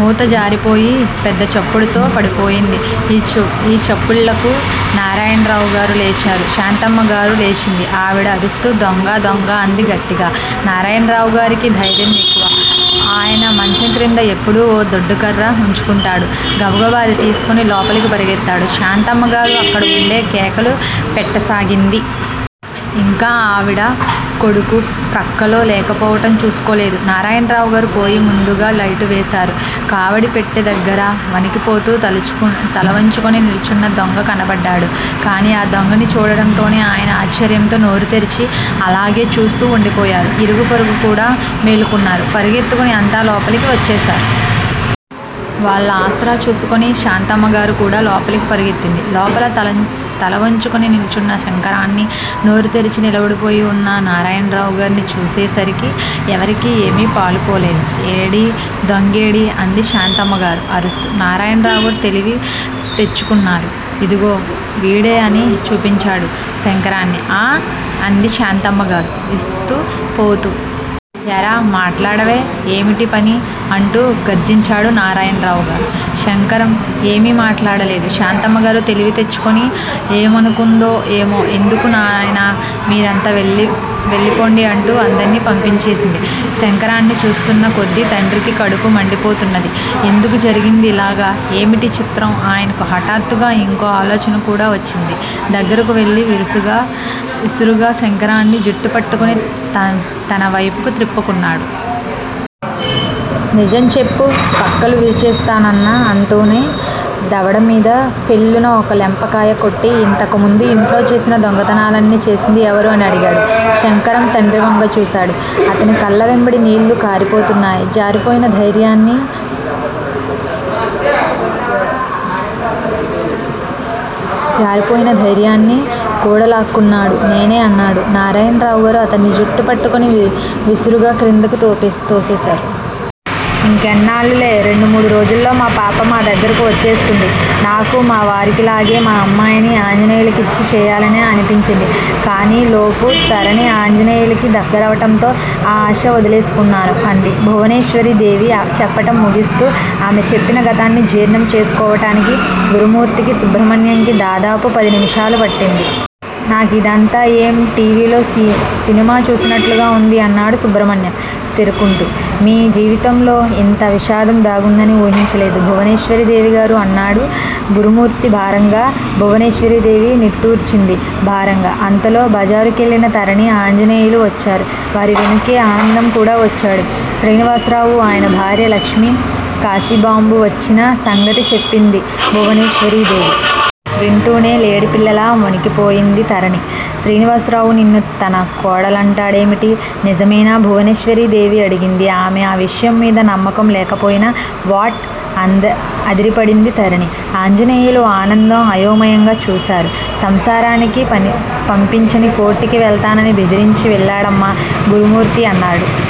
మూత జారిపోయి పెద్దచప్పుడుతో పడిపోయింది. ఈ చప్పుళ్ళకు నారాయణరావుగారు లేచారు. శాంతమ్మగారు లేచింది. ఆవిడ అరుస్తూ దొంగ దొంగ అంది గట్టిగా. నారాయణరావుగారికి ధైర్యం ఎక్కువ. ఆయన మంచంక్రింద ఎప్పుడూ ఓ దుడ్డుకర్ర వుంచుకుంటాడు. గబగబ అది తీసుకుని లోపలికి పరుగెత్తాడు. శాంతమ్మగారు అక్కడ వుండే కేకలు పెట్టసాగింది. ఇంకా ఆవిడ కొడుకు ప్రక్కలో లేకపోవటం చూసుకోలేదు. నారాయణరావుగారు పోయి ముందుగా లైటు వేశారు. కావడిపెట్టె దగ్గర వణికిపోతూ తలవంచుకుని నిల్చున్న దొంగ కనబడ్డాడు. కాని ఆ దొంగని చూడటంతోనే ఆయన ఆశ్చర్యంతో నోరుతెరిచి అలాగే చూస్తూ వుండిపోయారు. ఇరుగు పొరుగుకూడా మేలుకున్నారు. పరుగెత్తుకుని అంతా లోపలికి వచ్చేశారు. వాళ్ళ ఆసరా చూసుకుని శాంతమ్మగారుకూడా లోపలికి పరుగెత్తింది. లోపల తలవంచుకుని నిల్చున్న శంకరాన్ని, నోరుతెరచి నిలబడిపోయి వున్న నారాయణరావుగార్నీ చూసేసరికి ఎవరికీ ఏమీ పాలుపోలేదు. ఏడీ దొంగేడీ? అంది శాంతమ్మగారు అరుస్తూ నారాయణరావుగారు తెలివి తెచ్చుకున్నారు. ఇదిగో వీడే అని చూపించాడు శంకరాన్ని ఆఁ అంది శాంతమ్మగారు విస్తుపోతూ. ఏరా మాట్లాడవే? ఏమిటీ పని? అంటూ గర్జించాడు నారాయణరావు గారు. శంకరం ఏమీ మాట్లాడలేదు. శాంతమ్మగారు తెలివితెచ్చుకొని ఏమనుకుందో ఏమో ఎందుకు నాయనా మీరంతా వెళ్ళిపొండి అంటూ అందర్నీ పంపించేసింది. శంకరాన్ని చూస్తున్నకొద్దీ తండ్రికి కడుపు మండిపోతున్నది. ఎందుకు జరిగింది యిలాగ? ఏమిటీ చిత్రం? ఆయనకు హఠాత్తుగా యింకో ఆలోచనకూడా వహ్చింది దగ్గరకు వెళ్ళి విసురుగా శంకరాన్ని జుట్టుపట్టుకుని తనవైపుకు త్రిప్పుకున్నాడు. నిజం చెప్పు పక్కలు విరిచేసస్తాను అంటూనే దవడమీద ఫెళ్ళున ఒక లెంపకాయ కొట్టి ఇంతకుముందు యింట్లో చేసిన దొంగతనాలన్నీ చేసింది ఎవరు? అని అడిగాడు. శంకరం తండ్రివంక చూశాడు. అతని కళ్ళవెంబడి నీళ్ళు కారిపోతున్నాయి. జారిపోయిన ధైర్యాన్ని కూడలాక్కున్నాడు. నేనే అన్నాడు నారాయణరావుగారు అతన్ని జుట్టుపట్టుకుని విసురుగా క్రిందికి తోసేశారు. ఇంకెన్నాళ్ళులే రెండు మూడు రోజుల్లో మా పాప మా దగ్గరకు వచ్చేస్తుంది. నాకూ మా వారికిలాగే మా అమ్మాయిని ఆంజనేయులికిచ్చి చేయాలనే అనిపించింది. కానీలోపు తరణి ఆంజనేయులికి దగ్గరవటంతో ఆ ఆశ వదిలేసుకున్నాను అంది భువనేశ్వరీదేవి చెప్పటం ముగిస్తూ. ఆమె చెప్పిన గతాన్ని జీర్ణం చేసుకోటానికి గురుమూర్తికి, సుబ్రమణ్యంకి దాదాపు పది నిమిషాలు పట్టింది. నాకిదంతా ఎమ్ టీవిలో సినిమా చూసినట్లుగా ఉంది అన్నాడు సుబ్రమణ్యం తేరుకుంటూ. మీ జీవితంలో ఇంత విషాదం దాగుందని ఊహించలేదు భువనేశ్వరీదేవిగారు అన్నాడు గురుమూర్తి భారంగా. భువనేశ్వరీదేవి నిట్టూర్చింది భారంగా. అంతలో బజారుకెళ్ళిన తరణి, ఆంజనేయులు వచ్చారు. వారి వెనుకే ఆనందం కూడా వచ్చాడు. శ్రీనివాసరావు, ఆయన భార్య లక్ష్మి, కాశీబాంబు వచ్చిన సంగతి చెప్పింది భువనేశ్వరీదేవి. వింటూనే లేడిపిల్లలా వణికిపోయింది తరణి. శ్రీనివాసరావు నిన్ను తన కోడలంటాడేమిటి? నిజమేనా? భువనేశ్వరీ దేవి అడిగింది ఆమె ఆ విషయం మీద నమ్మకం లేకపోయినా. వ్వాట్?! అదిరిపడింది తరణి. ఆంజనేయులు, ఆనందం అయోమయంగా చూశారు. సంసారానికి పంపించమని కోర్టుకి వెళ్తానని బెదిరించి వెళ్ళాడమ్మా గురుమూర్తి అన్నాడు.